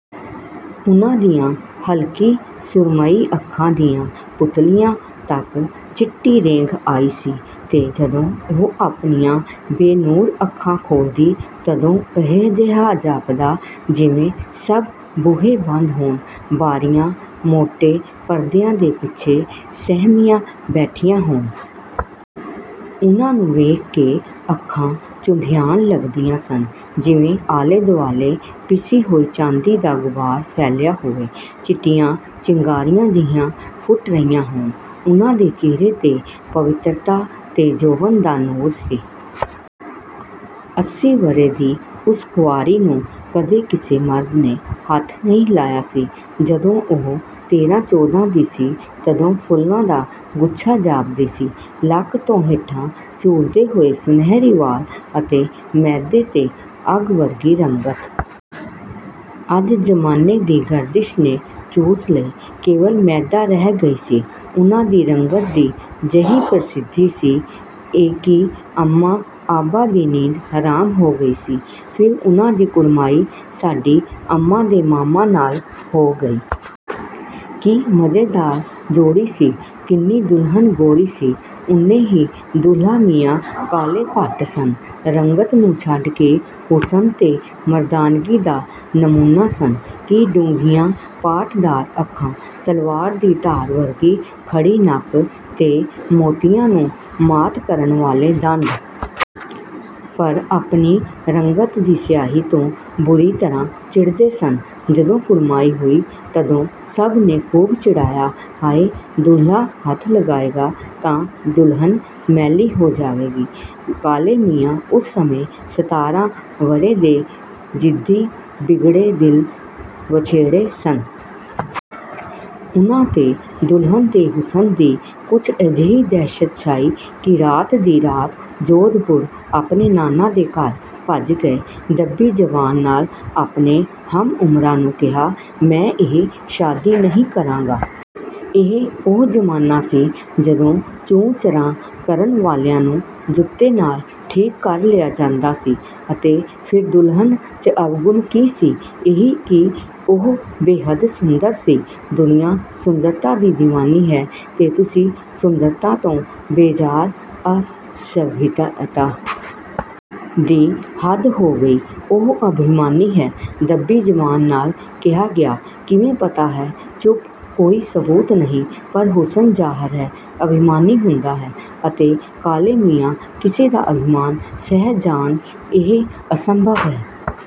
ਉਨ੍ਹਾਂ ਦੀਆਂ ਹਲਕੀ ਸੁਰਮਈ ਅੱਖਾਂ ਦੀਆਂ ਪੁਤਲੀਆਂ ਤੱਕ ਚਿੱਟੀ ਰੇਂਘ ਆਈ ਸੀ ਤੇ ਜਦੋਂ ਉਹ ਆਪਣੀਆਂ ਬੇਨੂਰ ਅੱਖਾਂ ਖੋਲ੍ਹਦੀ, ਤਦੋਂ ਅਜਿਹਾ ਜਾਪਦਾ, ਜਿਵੇਂ ਸਭ ਬੂਹੇ ਬੰਦ ਹੋਣ। ਬਾਰੀਆਂ ਮੋਟੇ ਪਰਦਿਆਂ ਦੇ ਪਿੱਛੇ ਸਹਿਮੀਆਂ ਬੈਠੀਆਂ ਹੋਣ। ਉਨ੍ਹਾਂ ਨੂੰ ਵੇਖ ਕੇ ਅੱਖਾਂ ਚੁੰਧਿਆਣ ਲੱਗਦੀਆਂ ਸਨ, ਜਿਵੇਂ ਆਲੇ-ਦੁਆਲੇ ਪਿਸੀ ਹੋਈ ਚਾਂਦੀ ਦਾ ਗੁਬਾਰ ਫੈਲਿਆ ਹੋਵੇ। ਚਿੱਟੀਆਂ ਚਿੰਗਾਰੀਆਂ ਜਿਹੀਆਂ ਫੁੱਟ ਰਹੀਆਂ ਹੋਣ। ਉਨ੍ਹਾਂ ਦੇ ਚਿਹਰੇ 'ਤੇ ਪਵਿੱਤਰਤਾ ਤੇ ਜੋਬਨ ਦਾ ਨੂਰ ਸੀ। ਅੱਸੀ ਵਰ੍ਹੇ ਦੀ ਉਸ ਕੁਆਰੀ ਨੂੰ ਕਦੇ ਕਿਸੇ ਮਰਦ ਨੇ ਹੱਥ ਨਹੀਂ ਲਾਇਆ ਸੀ। ਜਦੋਂ ਉਹ ਤੇਰਾ-ਚੋਦ੍ਹਾ ਦੀ ਸੀ, ਤਦੋਂ ਫੁੱਲਾਂ ਦਾ ਗੁੱਛਾ ਜਾਪਦੀ ਸੀ। ਲੱਕ ਤੋਂ ਹੇਠਾਂ ਝੂਲਦੇ ਹੋਏ ਸੁਨਹਿਰੀ ਵਾਲ ਅਤੇ ਮੈਦੇ 'ਤੇ ਅੱਗ ਵਰਗੀ ਰੰਗਤ। ਅੱਜ ਜ਼ਮਾਨੇ ਦੀ ਗਰਦਿਸ਼ ਨੇ ਚੂਸ ਲਈ। ਕੇਵਲ ਮੈਦਾ ਰਹਿ ਗਈ ਸੀ। ਉਨ੍ਹਾਂ ਦੀ ਰੰਗਤ ਦੀ ਜਿਹੀ ਪ੍ਰਸਿੱਧੀ ਸੀ ਕਿ ਅੰਮਾ ਬਾਬਾ ਦੀ ਨੀਂਦ ਹਰਾਮ ਹੋ ਗਈ ਸੀ। ਫਿਰ ਉਨ੍ਹਾਂ ਦੀ ਕੁੜਮਾਈ ਸਾਡੀ ਅੰਮਾ ਦੇ ਮਾਮਾ ਨਾਲ ਹੋ ਗਈ। ਕੀ ਮਜ਼ੇਦਾਰ ਜੋੜੀ ਸੀ। ਕਿੰਨੀ ਦੁਲਹਨ ਗੋਰੀ ਸੀ, ਉਨੇ ਹੀ ਦੁਲਹਾ ਮੀਆਂ ਕਾਲੇ ਭੱਟ ਸਨ। ਰੰਗਤ ਨੂੰ ਛੱਡ ਕੇ ਹੁਸਨ ਤੇ ਮਰਦਾਨਗੀ ਦਾ ਨਮੂਨਾ ਸਨ। ਕੀ ਡੂੰਘੀਆਂ ਪਾਟਦਾਰ ਅੱਖਾਂ। ਤਲਵਾਰ ਦੀ ਧਾਰ ਵਰਗੀ ਖੜ੍ਹੀ ਨੱਕ ਤੇ ਮੋਤੀਆਂ ਨੂੰ ਮਾਤ ਕਰਨ ਵਾਲੇ ਦੰਦ। ਪਰ ਆਪਣੀ ਰੰਗਤ ਦੀ ਸਿਆਹੀ ਤੋਂ ਬੁਰੀ ਤਰ੍ਹਾਂ ਚਿੜ੍ਹਦੇ ਸਨ। ਜਦੋਂ ਕੁੜਮਾਈ ਹੋਈ, ਤਦੋਂ ਸਭ ਨੇ ਖੂਬ ਚਿੜ੍ਹਾਇਆ 'ਹਾਏ! ਦੂਲਹਾ ਹੱਥ ਲਗਾਏਗਾ ਤਾਂ ਦੁਲਹਨ ਮੈਲੀ ਹੋ ਜਾਵੇਗੀ।' ਕਾਲੇ ਮੀਆਂ ਉਸ ਸਮੇਂ ਸਤਾਰ੍ਹਾਂ ਵਰ੍ਹੇ ਦੇ ਜ਼ਿੱਦੀ, ਬਿਗੜੇ ਦਿਲ ਵਛੇੜੇ ਸਨ। ਉਨ੍ਹਾਂ 'ਤੇ ਦੁਲਹਨ ਦੇ ਹੁਸਨ ਦੀ ਕੁਝ ਅਜਿਹੀ ਦਹਿਸ਼ਤ ਛਾਈ ਕਿ ਰਾਤ ਦੀ ਰਾਤ ਜੋਧਪੁਰ ਆਪਣੇ ਨਾਨਾ ਦੇ ਘਰ ਭੱਜ ਗਏ। ਦੱਬੀ ਜ਼ਬਾਨ ਨਾਲ ਆਪਣੇ ਹਮ-ਉਮਰਾਂ ਨੂੰ ਕਿਹਾ, 'ਮੈਂ ਇਹ ਸ਼ਾਦੀ ਨਹੀਂ ਕਰਾਂਗਾ।' ਇਹ ਉਹ ਜ਼ਮਾਨਾ ਸੀ, ਜਦੋਂ ਚੂੰ-ਚਰਾਂ ਕਰਨ ਵਾਲਿਆਂ ਨੂੰ ਜੁੱਤੇ ਨਾਲ ਠੀਕ ਕਰ ਲਿਆ ਜਾਂਦਾ ਸੀ। ਅਤੇ ਫਿਰ ਦੁਲਹਨ 'ਚ ਅਵਗੁਣ ਕੀ ਸੀ? ਇਹੀ ਕਿ ਉਹ ਬੇਹੱਦ ਸੁੰਦਰ ਸੀ। ਦੁਨੀਆ ਸੁੰਦਰਤਾ ਦੀ ਦੀਵਾਨੀ ਹੈ ਤੇ ਤੁਸੀਂ ਸੁੰਦਰਤਾ ਤੋਂ ਬੇਜ਼ਾਰ। ਅਸੱਭਿਅਤਾ ਦੀ ਹੱਦ ਹੋ ਗਈ। 'ਉਹ ਅਭਿਮਾਨੀ ਹੈ।' ਦੱਬੀ ਜ਼ਬਾਨ ਨਾਲ ਕਿਹਾ ਗਿਆ। 'ਕਿਵੇਂ ਪਤਾ ਹੈ?' ਚੁੱਪ! ਕੋਈ ਸਬੂਤ ਨਹੀਂ, ਪਰ ਹੁਸਨ, ਜ਼ਾਹਰ ਹੈ, ਅਭਿਮਾਨੀ ਹੁੰਦਾ ਹੈ। ਅਤੇ ਕਾਲੇ ਮੀਆਂ ਕਿਸੇ ਦਾ ਅਭਿਮਾਨ ਸਹਿ ਜਾਣ ਇਹ ਅਸੰਭਵ ਹੈ।